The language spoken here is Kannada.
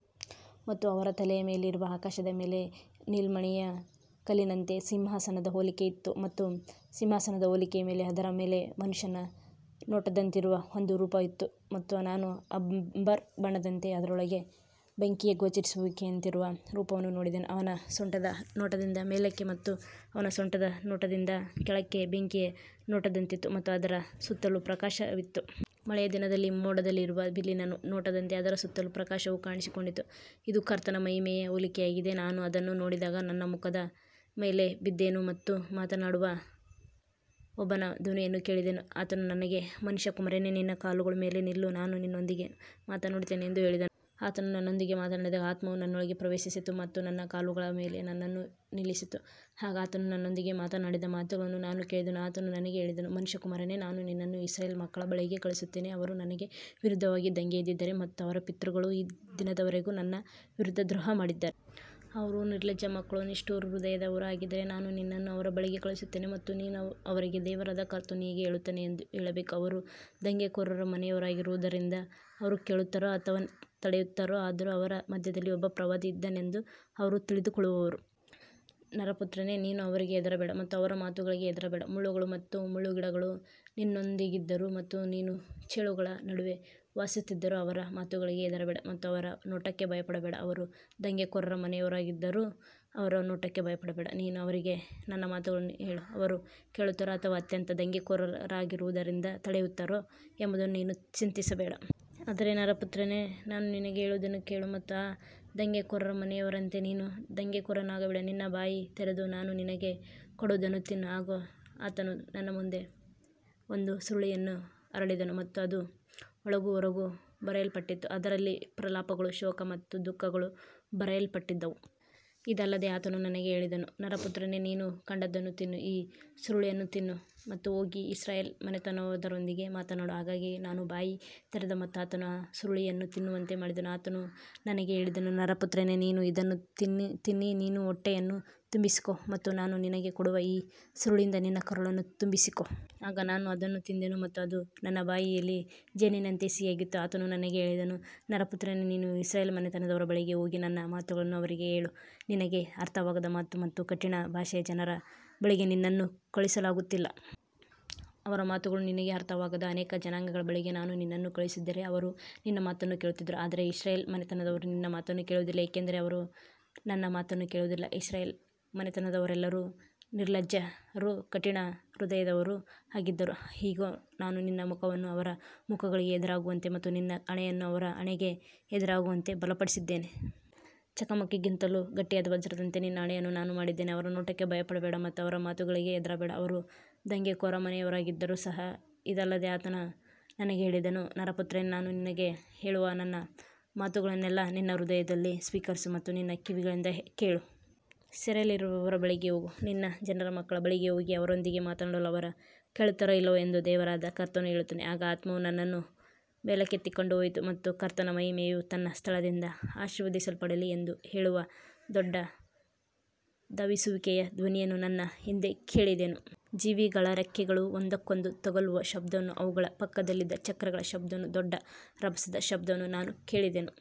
ಮತ್ತು ಅವರ ತಲೆಯ ಮೇಲಿರುವ ಆಕಾಶದ ಮೇಲೆ ನೀಲಮಣಿಯ ಕಲ್ಲಿನಂತೆ ಸಿಂಹಾಸನದ ಹೋಲಿಕೆ ಇತ್ತು ಮತ್ತು ಸಿಂಹಾಸನದ ಹೋಲಿಕೆಯ ಮೇಲೆ ಅದರ ಮೇಲೆ ಮನುಷ್ಯನ ನೋಟದಂತಿರುವ ಒಂದು ರೂಪ ಇತ್ತು. ಮತ್ತು ನಾನು ಅಂಬರ್ ಬಣ್ಣದಂತೆ, ಅದರೊಳಗೆ ಬೆಂಕಿಯ ಗೋಚರಿಸುವಿಕೆಯಂತಿರುವ ರೂಪವನ್ನು ನೋಡಿದೆನು. ಅವನ ಸೊಂಟದ ನೋಟದಿಂದ ಮೇಲಕ್ಕೆ ಮತ್ತು ಅವನ ಸೊಂಟದ ನೋಟದಿಂದ ಕೆಳಕ್ಕೆ ಬೆಂಕಿಯ ನೋಟದಂತಿತ್ತು ಮತ್ತು ಅದರ ಸುತ್ತಲೂ ಪ್ರಕಾಶವಿತ್ತು. ಮಳೆಯ ದಿನದಲ್ಲಿ ಮೋಡದಲ್ಲಿರುವ ಬಿಲ್ಲಿನ ನೋಟದಂತೆ ಅದರ ಸುತ್ತಲೂ ಪ್ರಕಾಶವು ಕಾಣಿಸಿಕೊಂಡಿತು. ಇದು ಕರ್ತನ ಮಹಿಮೆಯ ಹೋಲಿಕೆಯಾಗಿದೆ. ನಾನು ಅದನ್ನು ನೋಡಿದಾಗ ನನ್ನ ಮುಖದ ಮೇಲೆ ಬಿದ್ದೆನು ಮತ್ತು ಮಾತನಾಡುವ ಒಬ್ಬನ ಧ್ವನಿಯನ್ನು ಕೇಳಿದೆನು. ಆತನು ನನಗೆ, ಮನುಷ್ಯಕುಮಾರನೇ, ನಿನ್ನ ಕಾಲುಗಳ ಮೇಲೆ ನಿಲ್ಲು, ನಾನು ನಿನ್ನೊಂದಿಗೆ ಮಾತನಾಡುತ್ತೇನೆ ಎಂದು ಹೇಳಿದನು. ಆತನು ನನ್ನೊಂದಿಗೆ ಮಾತನಾಡಿದಾಗ ಆತ್ಮವು ನನ್ನೊಳಗೆ ಪ್ರವೇಶಿಸಿತು ಮತ್ತು ನನ್ನ ಕಾಲುಗಳ ಮೇಲೆ ನನ್ನನ್ನು ನಿಲ್ಲಿಸಿತು. ಆಗ ಆತನು ನನ್ನೊಂದಿಗೆ ಮಾತನಾಡಿದ ಮಾತುಗಳನ್ನು ನಾನು ಕೇಳಿದೆನು. ಆತನು ನನಗೆ ಹೇಳಿದನು, ಮನುಷ್ಯಕುಮಾರನೇ, ನಾನು ನಿನ್ನನ್ನು ಇಸ್ರಾಯೇಲ್ ಮಕ್ಕಳ ಬಳಿಗೆ ಕಳುಹಿಸುತ್ತೇನೆ. ಅವರು ನನಗೆ ವಿರುದ್ಧವಾಗಿ ದಂಗೆಯೆದ್ದಿದ್ದಾರೆ ಮತ್ತು ಅವರ ಪಿತೃಗಳು ಈ ದಿನದವರೆಗೂ ನನ್ನ ವಿರುದ್ಧ ದ್ರೋಹ ಮಾಡಿದ್ದಾರೆ. ಅವರು ನಿರ್ಲಜ್ಜ ಮಕ್ಕಳೂ ನಿಷ್ಠುರ ಹೃದಯದವರೂ ಆಗಿದ್ದಾರೆ. ನಾನು ನಿನ್ನನ್ನು ಅವರ ಬಳಿಗೆ ಕಳುಹಿಸುತ್ತೇನೆ ಮತ್ತು ನೀನು ಅವರಿಗೆ, ದೇವರಾದ ಕರ್ತನು ಹೀಗೆ ಹೇಳುತ್ತಾನೆ ಎಂದು ಹೇಳಬೇಕು. ಅವರು ದಂಗೆಕೋರ ಮನೆಯವರಾಗಿರುವುದರಿಂದ ಅವರು ಕೇಳುತ್ತಾರೋ ಅಥವಾ ತಡೆಯುತ್ತಾರೋ, ಆದರೂ ಅವರ ಮಧ್ಯದಲ್ಲಿ ಒಬ್ಬ ಪ್ರವಾದಿ ಇದ್ದನೆಂದು ಅವರು ತಿಳಿದುಕೊಳ್ಳುವರು. ನರಪುತ್ರನೇ, ನೀನು ಅವರಿಗೆ ಹೆದರಬೇಡ ಮತ್ತು ಅವರ ಮಾತುಗಳಿಗೆ ಹೆದರಬೇಡ. ಮುಳ್ಳುಗಳು ಮತ್ತು ಮುಳ್ಳುಗಿಡಗಳು ನಿನ್ನೊಂದಿಗಿದ್ದರೂ ಮತ್ತು ನೀನು ಚೇಳುಗಳ ನಡುವೆ ವಾಸಿಸುತ್ತಿದ್ದರೂ ಅವರ ಮಾತುಗಳಿಗೆ ಹೆದರಬೇಡ ಮತ್ತು ಅವರ ನೋಟಕ್ಕೆ ಭಯಪಡಬೇಡ. ಅವರು ದಂಗೆಕೋರ ಮನೆಯವರಾಗಿದ್ದರೂ ಅವರ ನೋಟಕ್ಕೆ ಭಯಪಡಬೇಡ. ನೀನು ಅವರಿಗೆ ನನ್ನ ಮಾತುಗಳನ್ನು ಹೇಳು, ಅವರು ಕೇಳುತ್ತಾರೋ ಅಥವಾ ಅತ್ಯಂತ ದಂಗೆಕೋರರಾಗಿರುವುದರಿಂದ ತಡೆಯುತ್ತಾರೋ ಎಂಬುದನ್ನು ನೀನು ಚಿಂತಿಸಬೇಡ. ಆದರೆ ನರಪುತ್ರನೇ, ನಾನು ನಿನಗೆ ಹೇಳುವುದನ್ನು ಕೇಳು ಮತ್ತು ಆ ದಂಗೆಕೋರ ಮನೆಯವರಂತೆ ನೀನು ದಂಗೆಕೋರನಾಗಬೇಡ. ನಿನ್ನ ಬಾಯಿ ತೆರೆದು ನಾನು ನಿನಗೆ ಕೊಡುವುದನ್ನು ತಿನ್ನು. ಆಗ ಆತನು ನನ್ನ ಮುಂದೆ ಒಂದು ಸುರುಳಿಯನ್ನು ಹರಡಿದನು ಮತ್ತು ಅದು ಒಳಗೂ ಹೊರಗೂ ಬರೆಯಲ್ಪಟ್ಟಿತ್ತು. ಅದರಲ್ಲಿ ಪ್ರಲಾಪಗಳು, ಶೋಕ ಮತ್ತು ದುಃಖಗಳು ಬರೆಯಲ್ಪಟ್ಟಿದ್ದವು. ಇದಲ್ಲದೆ ಆತನು ನನಗೆ ಹೇಳಿದನು, ನರಪುತ್ರನೇ, ನೀನು ಕಂಡದ್ದನ್ನು ತಿನ್ನು, ಈ ಸುರುಳಿಯನ್ನು ತಿನ್ನು ಮತ್ತು ಹೋಗಿ ಇಸ್ರಾಯೇಲ್ ಮನೆತನದವರೊಂದಿಗೆ ಮಾತನಾಡು. ಹಾಗಾಗಿ ನಾನು ಬಾಯಿ ತೆರೆದೆ ಮತ್ತು ಆತನು ಆ ಸುರುಳಿಯನ್ನು ತಿನ್ನುವಂತೆ ಮಾಡಿದನು. ಆತನು ನನಗೆ ಹೇಳಿದನು, ನರಪುತ್ರನೇ, ನೀನು ಇದನ್ನು ತಿನ್ನಿ ನಿನ್ನ ಹೊಟ್ಟೆಯನ್ನು ತುಂಬಿಸಿಕೋ ಮತ್ತು ನಾನು ನಿನಗೆ ಕೊಡುವ ಈ ಸುರುಳಿಯಿಂದ ನಿನ್ನ ಕರುಳನ್ನು ತುಂಬಿಸಿಕೋ. ಆಗ ನಾನು ಅದನ್ನು ತಿಂದೆನು ಮತ್ತು ಅದು ನನ್ನ ಬಾಯಿಯಲ್ಲಿ ಜೇನಿನಂತೆ ಸಿಹಿಯಾಗಿತ್ತು. ಆತನು ನನಗೆ ಹೇಳಿದನು, ನರಪುತ್ರನೇ, ನೀನು ಇಸ್ರಾಯೇಲ್ ಮನೆತನದವರ ಬಳಿಗೆ ಹೋಗಿ ನನ್ನ ಮಾತುಗಳನ್ನು ಅವರಿಗೆ ಹೇಳು. ನಿನಗೆ ಅರ್ಥವಾಗದ ಮಾತು ಮತ್ತು ಕಠಿಣ ಭಾಷೆಯ ಜನರ ಬಳಿಗೆ ನಿನ್ನನ್ನು ಕಳುಹಿಸಲಾಗುತ್ತಿಲ್ಲ. ಅವರ ಮಾತುಗಳು ನಿನಗೆ ಅರ್ಥವಾಗದ ಅನೇಕ ಜನಾಂಗಗಳ ಬಳಿಗೆ ನಾನು ನಿನ್ನನ್ನು ಕಳುಹಿಸಿದ್ದರೆ ಅವರು ನಿನ್ನ ಮಾತನ್ನು ಕೇಳುತ್ತಿದ್ದರು. ಆದರೆ ಇಸ್ರಾಯೇಲ್ ಮನೆತನದವರು ನಿನ್ನ ಮಾತನ್ನು ಕೇಳುವುದಿಲ್ಲ, ಏಕೆಂದರೆ ಅವರು ನನ್ನ ಮಾತನ್ನು ಕೇಳುವುದಿಲ್ಲ. ಇಸ್ರಾಯೇಲ್ ಮನೆತನದವರೆಲ್ಲರೂ ನಿರ್ಲಜ್ಜರೂ ಕಠಿಣ ಹೃದಯದವರೂ ಆಗಿದ್ದಾರೆ. ಇಗೋ, ನಾನು ನಿನ್ನ ಮುಖವನ್ನು ಅವರ ಮುಖಗಳಿಗೆ ಎದುರಾಗುವಂತೆ ಮತ್ತು ನಿನ್ನ ಹಣೆಯನ್ನು ಅವರ ಹಣೆಗೆ ಎದುರಾಗುವಂತೆ ಬಲಪಡಿಸಿದ್ದೇನೆ. ಚಕಮಕಿಗಿಂತಲೂ ಗಟ್ಟಿಯಾದ ವಜ್ರದಂತೆ ನಿನ್ನ ಹಣೆಯನ್ನು ನಾನು ಮಾಡಿದ್ದೇನೆ. ಅವರ ನೋಟಕ್ಕೆ ಭಯಪಡಬೇಡ ಮತ್ತು ಅವರ ಮಾತುಗಳಿಗೆ ಹೆದರಬೇಡ, ಅವರು ದಂಗೆಕೋರ ಮನೆಯವರಾಗಿದ್ದರೂ ಸಹ. ಇದಲ್ಲದೆ ಆತನು ನನಗೆ ಹೇಳಿದನು, ನರಪುತ್ರನೇ, ನಾನು ನಿನಗೆ ಹೇಳುವ ನನ್ನ ಮಾತುಗಳನ್ನೆಲ್ಲಾ ನಿನ್ನ ಹೃದಯದಲ್ಲಿ ಸ್ವೀಕರಿಸು ಮತ್ತು ನಿನ್ನ ಕಿವಿಗಳಿಂದ ಕೇಳು. ಸೆರೆಯಲ್ಲಿರುವವರ ಬಳಿಗೆ ಹೋಗು, ನಿನ್ನ ಜನರ ಮಕ್ಕಳ ಬಳಿಗೆ ಹೋಗಿ ಅವರೊಂದಿಗೆ ಮಾತನಾಡು, ಅವರು ಕೇಳುತ್ತಾರೋ ಇಲ್ಲವೋ ಎಂದು ದೇವರಾದ ಕರ್ತನು ಹೇಳುತ್ತಾನೆ. ಆಗ ಆತ್ಮವು ನನ್ನನ್ನು ಮೇಲಕ್ಕೆತ್ತಿಕೊಂಡು ಹೋಯಿತು ಮತ್ತು ಕರ್ತನ ಮಹಿಮೆಯು ತನ್ನ ಸ್ಥಳದಿಂದ ಆಶೀರ್ವದಿಸಲ್ಪಡಲಿ ಎಂದು ಹೇಳುವ ದೊಡ್ಡ ಧಾವಿಸುವಿಕೆಯ ಧ್ವನಿಯನ್ನು ನನ್ನ ಹಿಂದೆ ಕೇಳಿದೆನು. ಜೀವಿಗಳ ರೆಕ್ಕೆಗಳು ಒಂದಕ್ಕೊಂದು ತಗುಲುವ ಶಬ್ದವನ್ನೂ, ಅವುಗಳ ಪಕ್ಕದಲ್ಲಿದ್ದ ಚಕ್ರಗಳ ಶಬ್ದವನ್ನೂ, ದೊಡ್ಡ ರಭಸದ ಶಬ್ದವನ್ನೂ ನಾನು ಕೇಳಿದೆನು.